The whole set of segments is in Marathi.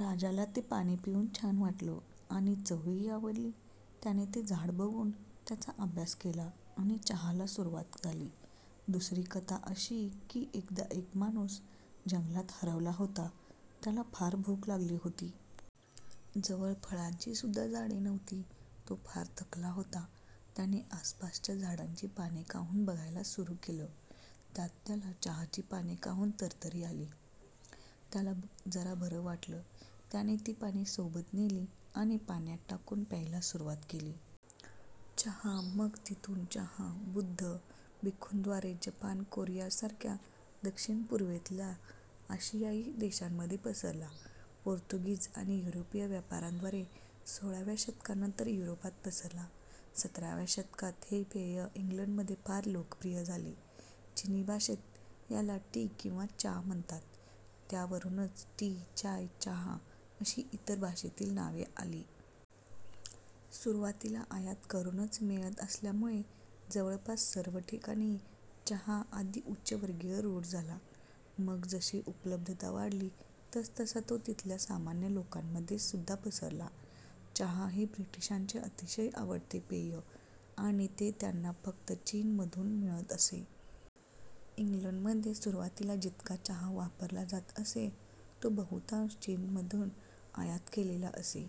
राजाला ते पाणी पिऊन छान वाटलं आणि चवही आवडली. त्याने ते झाड बघून त्याचा अभ्यास केला आणि चहाला सुरुवात झाली. दुसरी कथा अशी आहे कि एकदा एक माणूस जंगलात हरवला होता. त्याला फार भूक लागली होती. जवळ फळांची सुद्धा झाडे नव्हती. तो फार थकला होता. त्याने आसपासच्या झाडांची पाने खाऊन बघायला सुरु केलं. त्यात त्याला चहाची पाने खाऊन तरतरी आली. त्याला जरा बरं वाटलं. त्याने ती पाने सोबत नेली आणि पाण्यात टाकून प्यायला सुरु केली. चहा मग तिथून चहा बुद्ध भिक्खुंद्वारे जपान कोरिया सारख्या दक्षिण पूर्वेतल्या आशियायी देशांमध्ये पसरला. पोर्तुगीज आणि युरोपीय व्यापाऱ्यांद्वारे सोळाव्या शतकानंतर युरोपात पसरला. सतराव्या शतकात हे पेय इंग्लंडमध्ये फार लोकप्रिय झाले. चिनी भाषेत याला टी किंवा चा म्हणतात, त्यावरूनच टी, चाय, चहा अशी इतर भाषेतली नावे आली. सुरुवातीला आयात करूनच मिळत असल्यामुळे जवळपास सर्व ठिकाणी चहा आधी उच्चवर्गीयात रूढ झाला. मग जशी उपलब्धता वाढली तसतसा तो तिथल्या सामान्य लोकांमध्ये सुद्धा पसरला. चहा हे ब्रिटिशांचे अतिशय आवडते पेय आणि ते त्यांना फक्त चीनमधून मिळत असे. इंग्लंडमध्ये सुरुवातीला जितका चहा वापरला जात असे तो बहुतांश चीनमधून आयात केलेला असे.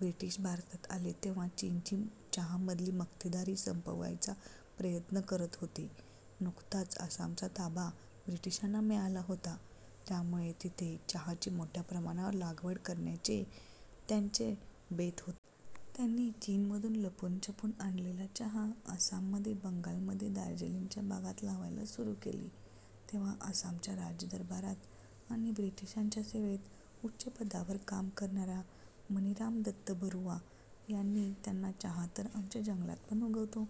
ब्रिटिश भारतात आले तेव्हा चीनची चहामधली मक्तेदारी संपवायचा प्रयत्न करत होते. नुकताच आसामचा ताबा ब्रिटिशांना मिळाला होता त्यामुळे तिथे चहाची मोठ्या प्रमाणावर लागवड करण्याचे त्यांचे बेत होते. त्यांनी चीनमधून लपून छपून आणलेला चहा आसाममध्ये, बंगालमध्ये दार्जिलिंगच्या भागात लावायला सुरु केले. तेव्हा आसामच्या राजदरबारात आणि ब्रिटिशांच्या सेवेत उच्चपदावर काम करणाऱ्या मणिराम दत्त बरुआ यांनी त्यांना चहा तर आमच्या जंगलात पण उगवतो,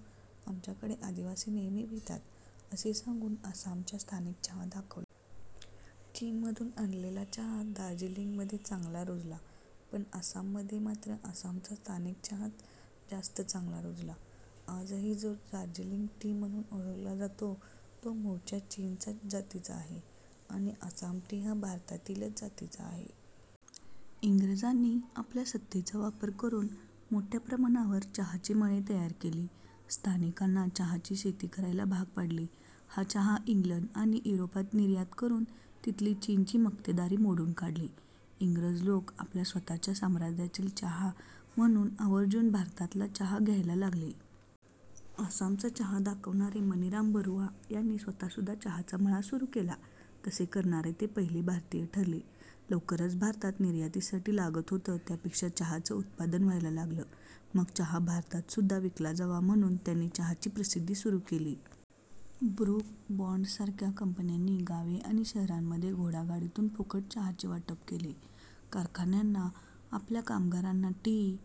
आमच्याकडे आदिवासी नेहमी पितात असे सांगून आसामचा स्थानिक चहा दाखवला. चीनमधून आणलेला चहा दार्जिलिंग मध्ये चांगला रुजला पण आसाम मध्ये मात्र आसामचा स्थानिक चहाच जास्त चांगला रुजला. आजही जो चहा दार्जिलिंग टी म्हणून ओळखला जातो तो मूळच्या चीनच्या जातीचा आहे आणि आसाम टी हा भारतातीलच जातीचा आहे. इंग्रजांनी आपल्या सत्तेचा वापर करून मोठ्या प्रमाणावर चहाचे मळे तयार केले. स्थानिकांना चहाची शेती करायला भाग पाडले. हा चहा इंग्लंड आणि युरोपात निर्यात करून तिथली चीनची मक्तेदारी मोडून काढली. इंग्रज लोक आपल्या स्वतःच्या साम्राज्यातील चहा म्हणून आवर्जून भारतातला चहा घ्यायला लागले. आसामचा चहा दाखवणारे मणिराम बरुआ यांनीं स्वतः सुद्धा चहाचा मळा सुरु केला. तसे करणारे ते पहिले भारतीय ठरले. लवकरच भारतात निर्यातीसाठी लागत होतं त्यापेक्षा चहाचं उत्पादन व्हायला लागलं. मग चहा भारतात सुद्धा विकला जावा म्हणून त्यांनी चहाची प्रसिद्धी सुरु केली. ब्रुक बॉण्ड सारख्या कंपन्यांनी गावे आणि शहरांमध्ये घोडागाडीतून फुकट चहाचे वाटप केले. कारखान्यांना आपल्या कामगारांना टी